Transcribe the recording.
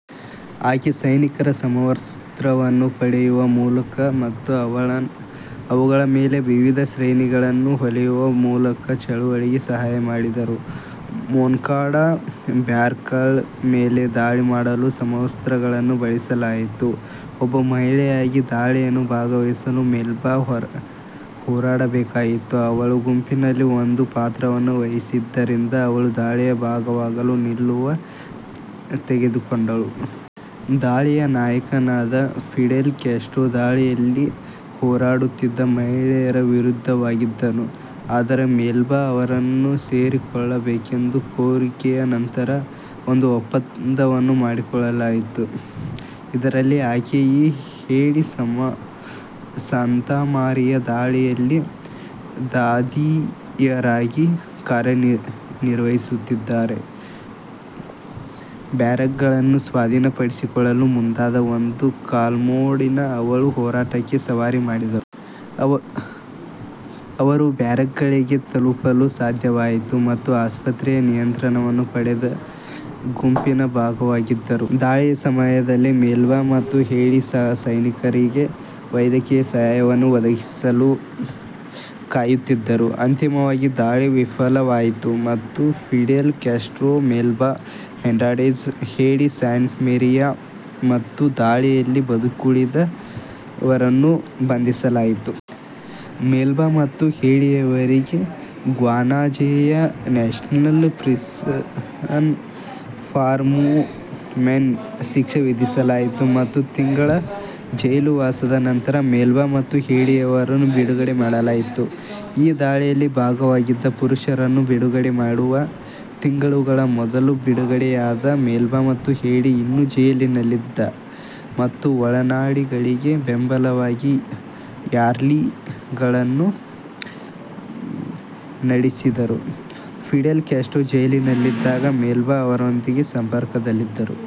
ಆಕೆ ಸೈನಿಕರ ಸಮವಸ್ತ್ರವನ್ನು ಪಡೆಯುವ ಮೂಲಕ ಮತ್ತು ಅವುಗಳ ಮೇಲೆ ವಿವಿಧ ಶ್ರೇಣಿಗಳನ್ನು ಹೊಲಿಯುವ ಮೂಲಕ ಚಳುವಳಿಗೆ ಸಹಾಯ ಮಾಡಿದರು. ಮೊನ್ಕಾಡಾ ಬ್ಯಾರಕ್ಗಳ ಮೇಲೆ ದಾಳಿ ಮಾಡಲು ಸಮವಸ್ತ್ರಗಳನ್ನು ಬಳಸಲಾಯಿತು. ಒಬ್ಬ ಮಹಿಳೆಯಾಗಿ, ದಾಳಿಯಲ್ಲಿ ಭಾಗಿಯಾಗಲು ಮೆಲ್ಬಾ ಹೋರಾಡಬೇಕಾಯಿತು, ಅವಳು ಗುಂಪಿನಲ್ಲಿ ಒಂದು ಪಾತ್ರವನ್ನು ವಹಿಸಿದ್ದರಿಂದ ಅವಳು ದಾಳಿಯ ಭಾಗವಾಗಲು ನಿಲುವು ತೆಗೆದುಕೊಂಡಳು. ದಾಳಿಯ ನಾಯಕನಾದ ಫಿಡೆಲ್ ಕ್ಯಾಸ್ಟ್ರೋ, ದಾಳಿಯಲ್ಲಿ ಹೋರಾಡುತ್ತಿದ್ದ ಮಹಿಳೆಯರ ವಿರುದ್ಧವಾಗಿದ್ದನು, ಆದರೆ ಮೆಲ್ಬಾ ಅವರನ್ನು ಸೇರಿಸಿಕೊಳ್ಳಬೇಕೆಂಬ ಕೋರಿಕೆಯ ನಂತರ, ಒಂದು ಒಪ್ಪಂದವನ್ನು ಮಾಡಿಕೊಳ್ಳಲಾಯಿತು, ಇದರಲ್ಲಿ ಆಕೆ ಮತ್ತು ಹೇಡೀ ಸಾಂತಾಮಾರಿಯಾ ದಾಳಿಯಲ್ಲಿ ದಾದಿಯರಾಗಿ ಕಾರ್ಯನಿರ್ವಹಿಸುತ್ತಾರೆ. ಬ್ಯಾರಕ್ಗಳನ್ನು ಸ್ವಾಧೀನಪಡಿಸಿಕೊಳ್ಳಲು ಮುಂದಾದ ಒಂದು ಕಾಲಮ್ನೊಂದಿಗೆ ಅವಳು ಹೋರಾಟಕ್ಕೆ ಸವಾರಿ ಮಾಡಿದಳು. ಅವರು ಬ್ಯಾರಕ್ಗಳಿಗೆ ತಲುಪಲು ಸಾಧ್ಯವಾಯಿತು ಮತ್ತು ಆಸ್ಪತ್ರೆಯ ನಿಯಂತ್ರಣವನ್ನು ಪಡೆದ ಗುಂಪಿನ ಭಾಗವಾಗಿದ್ದರು. ದಾಳಿಯ ಸಮಯದಲ್ಲಿ, ಮೆಲ್ಬಾ ಮತ್ತು ಹೇಡಿ ಸಹ ಸೈನಿಕರಿಗೆ ವೈದ್ಯಕೀಯ ಸಹಾಯವನ್ನು ಒದಗಿಸಲು ಕಾಯುತ್ತಿದ್ದರು. ಅಂತಿಮವಾಗಿ ದಾಳಿ ವಿಫಲವಾಯಿತು ಮತ್ತು Fidel Castro, Melba Hernandez, Haydee Santamaria ಮತ್ತು ದಾಳಿಯಲ್ಲಿ ಬದುಕುಳಿದ ಉಳಿದವರನ್ನು ಬಂಧಿಸಲಾಯಿತು. ಮೆಲ್ಬಾ ಮತ್ತು ಹೇಡಿಯವರಿಗೆ ಗ್ವಾನಾಜೆಯ ನ್ಯಾಷನಲ್ ಪ್ರಿಸನ್ ಫಾರ್ ವುಮೆನ್ಗೆ ಶಿಕ್ಷೆ ವಿಧಿಸಲಾಯಿತು ಮತ್ತು ತಿಂಗಳ ಜೈಲುವಾಸದ ನಂತರ ಮೆಲ್ಬಾ ಮತ್ತು ಹೇಡಿಯವರನ್ನು ಬಿಡುಗಡೆ ಮಾಡಲಾಯಿತು. ಈ ದಾಳಿಯಲ್ಲಿ ಭಾಗಿಯಾಗಿದ್ದ ಪುರುಷರನ್ನು ಬಿಡುಗಡೆ ಮಾಡುವ ತಿಂಗಳುಗಳ ಮೊದಲು ಬಿಡುಗಡೆಯಾದ ಮೆಲ್ಬಾ ಮತ್ತು ಹೇಡೀ, ಇನ್ನೂ ಜೈಲಿನಲ್ಲಿದ್ದ ತಮ್ಮ ಒಡನಾಡಿಗಳಿಗೆ ಬೆಂಬಲವಾಗಿ ರ್ಯಾಲಿಗಳನ್ನು ನಡೆಸಿದರು. ಫಿಡೆಲ್ ಕ್ಯಾಸ್ಟ್ರೊ ಜೈಲಿನಲ್ಲಿದ್ದಾಗ ಮೆಲ್ಬಾ ಅವರೊಂದಿಗೆ ಸಂಪರ್ಕದಲ್ಲಿದ್ದರು